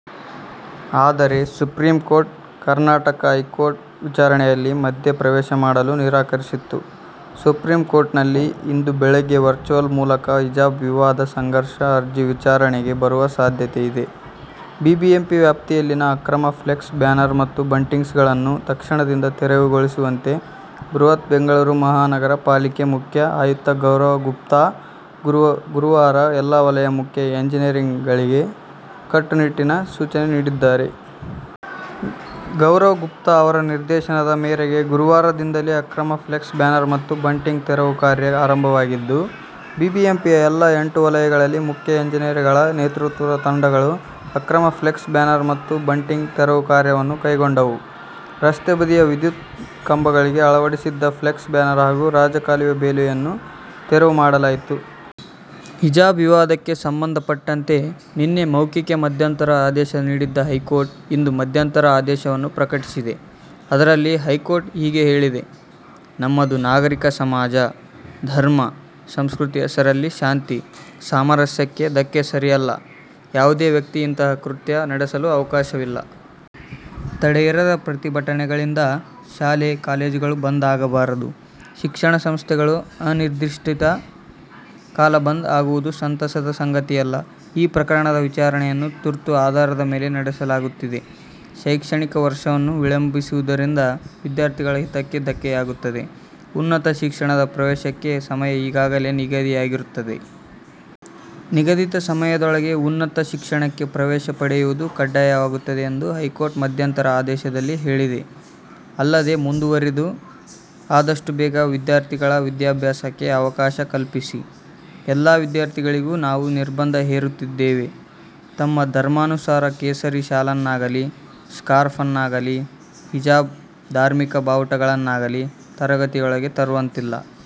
ಆದರೆ supreme court, Karnataka high court ವಿಚಾರಣೆಯಲ್ಲಿ ಮಧ್ಯೆ ಪ್ರವೇಶ ಮಾಡಲು ನಿರಾಕರಿಸಿತ್ತು. ಸುಪ್ರೀಂ ಕೋರ್ಟ್ ನಲ್ಲಿ ಇಂದು ಬೆಳಗ್ಗೆ ವರ್ಚುವಲ್ ಮೂಲಕ ಹಿಜಾಬ್ ವಿವಾದ ಸಂಘರ್ಷ ಅರ್ಜಿ ವಿಚಾರಣೆಗೆ ಬರುವ ಸಾಧ್ಯತೆಯಿದೆ. ಬಿಬಿಎಂಪಿ ವ್ಯಾಪ್ತಿಯಲ್ಲಿನ ಅಕ್ರಮ ಫ್ಲೆಕ್ಸ್ ಬ್ಯಾನರ್ ಮತ್ತು ಬಂಟಿಂಗ್ಸ್ಗಳನ್ನು ತಕ್ಷಣದಿಂದ ತೆರವುಗೊಳಿಸುವಂತೆ ಬೃಹತ್ ಬೆಂಗಳೂರು ಮಹಾನಗರ ಪಾಲಿಕೆ ಮುಖ್ಯ ಆಯುಕ್ತ ಗೌರವ್ ಗುಪ್ತಾ, ಗುರುವಾರ ಎಲ್ಲಾ ವಲಯ ಮುಖ್ಯ ಎಂಜಿನಿಯರ್ಗಳಿಗೆ ಕಟ್ಟುನಿಟ್ಟಿನ ಸೂಚನೆ ನೀಡಿದ್ದಾರೆ. ಗೌರವ್ ಗುಪ್ತಾ ಅವರ ನಿರ್ದೇಶನದ ಮೇರೆಗೆ ಗುರುವಾರದಿಂದಲೇ ಅಕ್ರಮ ಫ್ಲೆಕ್ಸ್ ಬ್ಯಾನರ್ ಮತ್ತು ಬಂಟಿಂಗ್ ತೆರವು ಕಾರ್ಯ ಆರಂಭವಾಗಿದ್ದು, ಬಿಬಿಎಂಪಿಯ ಎಲ್ಲ ಎಂಟು ವಲಯಗಳಲ್ಲಿ ಮುಖ್ಯ ಎಂಜಿನಿಯರ್ಗಳ ನೇತೃತ್ವದ ತಂಡಗಳು ಅಕ್ರಮ ಫ್ಲೆಕ್ಸ್ ಬ್ಯಾನರ್ ಮತ್ತು ಬಂಟಿಂಗ್ ತೆರವು ಕಾರ್ಯವನ್ನು ಕೈಗೊಂಡವು. ರಸ್ತೆ ಬದಿಯ ವಿದ್ಯುತ್ ಕಂಬಗಳಿಗೆ ಅಳವಡಿಸಿದ್ದ ಫ್ಲೆಕ್ಸ್ ಬ್ಯಾನರ್ ಹಾಗೂ ರಾಜಕಾಲುವೆ ಬೇಲಿಯನ್ನು ತೆರವು ಮಾಡಲಾಯಿತು. ಹಿಜಾಬ್ ವಿವಾದಕ್ಕೆ ಸಂಬಂಧಪಟ್ಟಂತೆ ನಿನ್ನೆ ಮೌಖಿಕ ಮಧ್ಯಂತರ ಆದೇಶ ನೀಡಿದ್ದ ಹೈಕೋರ್ಟ್ ಇಂದು ಮಧ್ಯಂತರ ಆದೇಶವನ್ನು ಪ್ರಕಟಿಸಿದೆ. ಅದರಲ್ಲಿ ಹೈಕೋರ್ಟ್ ಹೀಗೆ ಹೇಳಿದೆ: ನಮ್ಮದು ನಾಗರಿಕ ಸಮಾಜ. ಧರ್ಮ, ಸಂಸ್ಕೃತಿ ಹೆಸರಲ್ಲಿ ಶಾಂತಿ, ಸಾಮರಸ್ಯಕ್ಕೆ ಧಕ್ಕೆ ಸರಿಯಲ್ಲ. ಯಾವುದೇ ವ್ಯಕ್ತಿ ಇಂತಹ ಕೃತ್ಯ ನಡೆಸಲು ಅವಕಾಶವಿಲ್ಲ. ತಡೆಯಿರದ ಪ್ರತಿಭಟನೆಗಳಿಂದ ಶಾಲೆ ಕಾಲೇಜುಗಳು ಬಂದ್ ಆಗಬಾರದು. ಶಿಕ್ಷಣ ಸಂಸ್ಥೆಗಳು ಅನಿರ್ದಿಷ್ಟ ಕಾಲ ಬಂದ್ ಆಗುವುದು ಸಂತಸದ ಸಂಗತಿಯಲ್ಲ. ಈ ಪ್ರಕರಣದ ವಿಚಾರಣೆಯನ್ನು ತುರ್ತು ಆಧಾರದ ಮೇಲೆ ನಡೆಸಲಾಗುತ್ತಿದೆ. ಶೈಕ್ಷಣಿಕ ವರ್ಷವನ್ನು ವಿಳಂಬಿಸುವುದರಿಂದ ವಿದ್ಯಾರ್ಥಿಗಳ ಹಿತಕ್ಕೆ ಧಕ್ಕೆಯಾಗುತ್ತದೆ. ಉನ್ನತ ಶಿಕ್ಷಣದ ಪ್ರವೇಶಕ್ಕೆ ಸಮಯ ಈಗಾಗಲೇ ನಿಗದಿಯಾಗಿರುತ್ತದೆ. ನಿಗದಿತ ಸಮಯದೊಳಗೆ ಉನ್ನತ ಶಿಕ್ಷಣಕ್ಕೆ ಪ್ರವೇಶ ಪಡೆಯುವುದು ಕಡ್ಡಾಯವಾಗುತ್ತದೆ ಎಂದು ಹೈಕೋರ್ಟ್ ಮಧ್ಯಂತರ ಆದೇಶದಲ್ಲಿ ಹೇಳಿದೆ. ಅಲ್ಲದೆ ಮುಂದುವರಿದು, ಆದಷ್ಟು ಬೇಗ ವಿದ್ಯಾರ್ಥಿಗಳ ವಿದ್ಯಾಭ್ಯಾಸಕ್ಕೆ ಅವಕಾಶ ಕಲ್ಪಿಸಿ. ಎಲ್ಲಾ ವಿದ್ಯಾರ್ಥಿಗಳಿಗೂ ನಾವು ನಿರ್ಬಂಧ ಹೇರುತ್ತಿದ್ದೇವೆ. ತಮ್ಮ ಧರ್ಮಾನುಸಾರ ಕೇಸರಿ ಶಾಲನ್ನಾಗಲೀ, ಸ್ಕಾರ್ಫ್ ಅನ್ನಾಗಲೀ. ಹಿಜಾಬ್, ಧಾರ್ಮಿಕ ಬಾವುಟಗಳನ್ನಾಗಲೀ ತರಗತಿಯೊಳಗೆ ತರುವಂತಿಲ್ಲ.